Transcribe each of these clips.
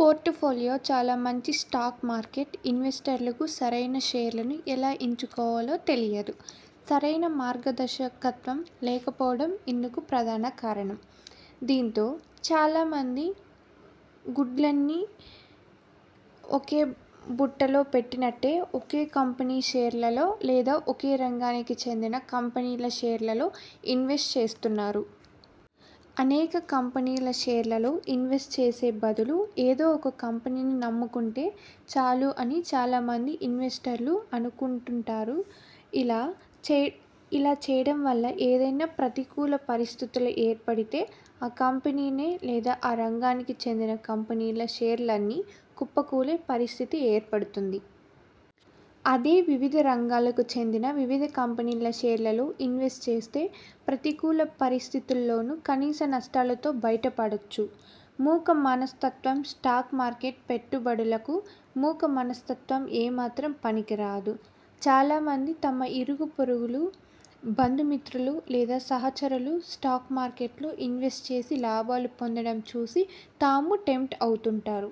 Portfolio చాలా మంది stock market ఇన్వెస్టర్లకు సరైన షేర్లను ఎలా ఎంచుకోవాలో తెలియదు. సరైన మార్గదర్శకత్వం లేకపోవడం ఇందుకు ప్రధాన కారణం. దీంతో చాలా మంది గుడ్లన్నీ ఒకే బుట్టలో పెట్టినట్టే ఒకే కంపెనీ షేర్లలో లేదా ఒకే రంగానికి చెందిన కంపెనీల షేర్లలో ఇన్వెస్ట్ చేస్తుంటారు. అనేక కంపెనీల షేర్లలో ఇన్వెస్ట్ చేసే బదులు, ఏదో ఒక కంపెనీని నమ్ముకుంటే చాలు అని చాలా మంది ఇన్వెస్టర్లు అనుకుంటుంటారు. ఇలా చేయడం వల్ల ఏదైనా ప్రతికూల పరిస్థితులు ఏర్పడితే ఆ కంపెనీ లేదా ఆ రంగానికి చెందిన కంపెనీల షేర్లన్నీ కుప్పకూలే పరిస్థితి ఏర్పడుతుంది. అదే వివిధ రంగాలకు చెందిన వివిధ కంపెనీల షేర్లలో ఇన్వెస్ట్ చేస్తే ప్రతికూల పరిస్థితుల్లోనూ కనీస నష్టాలతో బయట పడొచ్చు. మూక మనస్తత్వం స్టాక్ మార్కెట్ పెట్టుబడులకు మూక మనస్తత్వం ఏ మాత్రం పనికి రాదు. చాలా మంది తమ ఇరుగు పొరుగులు, బంధు మిత్రులు లేదా సహచరులు స్టాక్ మార్కెట్లో ఇన్వెస్ట్ చేసి లాభాలు పొందడం చూసి తామూ టెంప్ట్ అవుతుంటారు.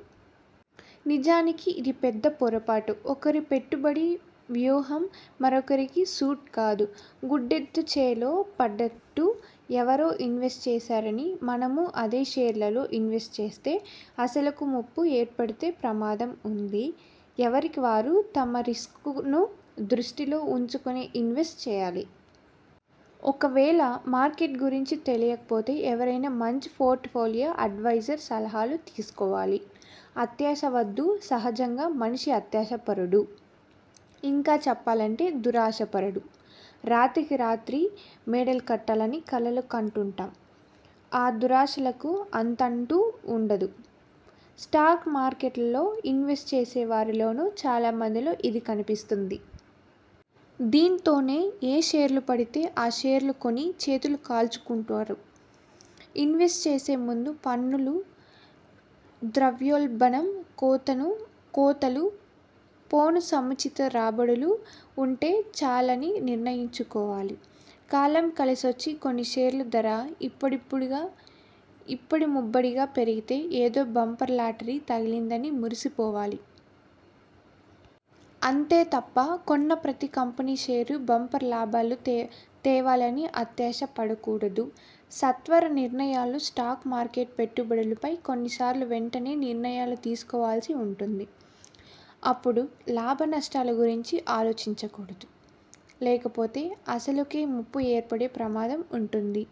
నిజానికి ఇది పెద్ద పొరపాటు. ఒకరి పెట్టుబడి వ్యూహం మరొకరికి సూట్ కాదు. గుడ్డెద్దు చేలో పడ్డట్టు ఎవరో ఇన్వెస్ట్ చేశారని, మనమూ అదే షేర్లలో ఇన్వెస్ట్ చేస్తే అసలుకూ ముప్పు ఏర్పడే ప్రమాదం ఉంది. ఎవరికి వారు తమ రిస్కును దృష్టిలో ఉంచుకునే ఇన్వెస్ట్ చేయాలి. ఒకవేళ మార్కెట్ గురించి తెలియపోతే ఎవరైనా మంచి పోర్టుఫోలియో అడ్వైజర్ సలహాలు తీసుకోవాలి. అత్యాశ వద్దు సహజంగా మనిషి అత్యాశపరుడు. ఇంకా చెప్పాలంటే దురాశపరుడు. రాత్రికి రాత్రి మేడలు కట్టాలని కలలు కంటుంటాం. అ దురాశలకు అంతంటూ ఉండదు. స్టాక్ మార్కెట్లో ఇన్వెస్ట్ చేసే వారిలోనూ, చాలా మందిలో ఇది కనిపిస్తుంది. దీంతోనే ఏ షేర్లు పడితే ఆ షేర్లు కొని చేతులు కాల్చుకుంటుంటారు. ఇన్వెస్ట్ చేసే ముందే పన్నులు, ద్రవ్యోల్బణం కోతలు పోను సముచిత రాబడులు ఉంటే చాలని నిర్ణయించుకోవాలి. కాలం కలిసొచ్చి కొన్న షేర్ల ధర ఇబ్బడిముబ్బడిగా పెరిగితే ఏదో బంపర్ లాటరీ తగిలిందని మురిసిపోవాలి. అంతే తప్ప కొన్న ప్రతి కంపెనీ షేరూ బంపర్ లాభాలు తేవాలని అత్యాశ పడకూడదు. సత్వర నిర్ణయాలు స్టాక్ మార్కెట్ పెట్టుబడులపై కొన్నిసార్లు వెంటనే నిర్ణయాలు తీసుకోవాల్సి ఉంటుంది. అప్పుడు లాభనష్టాల గురించి ఆలోచించకూడదు. లేకపోతే అసలుకే ముప్పు ఏర్పడే ప్రమాదం ఉంటుంది.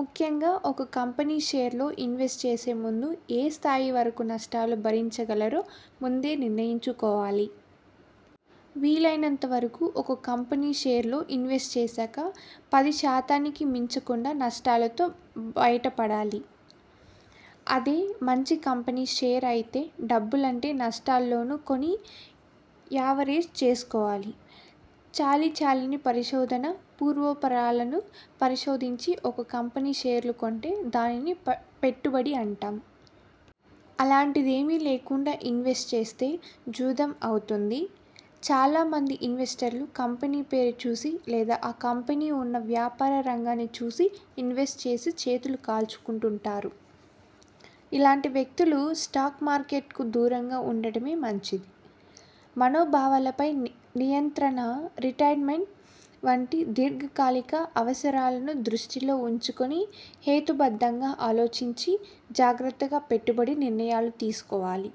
ముఖ్యంగా ఒక కంపెనీ షేర్లో ఇన్వెస్ట్ చేసే ముందు ఏ స్థాయి వరకు నష్టాలు భరించగలరో ముందే నిర్ణయించుకోవాలి. వీలైనంత వరకు ఒక కంపెనీ షేర్లో ఇన్వెస్ట్ చేశాక పది శాతానికి మించకుండా నష్టాలతో బయటపడాలి. అదే మంచి కంపెనీ షేర్ అయితే డబ్బులంటే నష్టాల్లోనూ కొని యావరేజ్ చేసుకోవాలి. చాలీచాలని పరిశోధన పూర్వోపరాలను పరిశోధించి ఒక కంపెనీ షేర్లు కొంటే దానిని పెట్టుబడి అంటాం. అలాంటిదేమీ లేకుండా ఇన్వెస్ట్ చేస్తే 'జూదం' అవుతుంది. చాలా మంది ఇన్వెస్టర్లు కంపెనీ పేరు చూసి లేదా ఆ కంపెనీ ఉన్న వ్యాపార రంగాన్ని చూసి ఇన్వెస్ట్ చేసి చేతులు కాల్చుకుంటుంటారు. ఇలాంటి వ్యక్తులు స్టాక్ మార్కెట్కు దూరంగా ఉండడమే మంచిది. మనోభావాలపై నియంత్రణ రిటైర్మెంట్ వంటి దీర్ఘకాలిక అవసరాలను దృష్టిలో ఉంచుకుని హేతుబద్ధంగా ఆలోచించి, జాగ్రత్తగా పెట్టుబడి నిర్ణయాలు తీసుకోవాలి.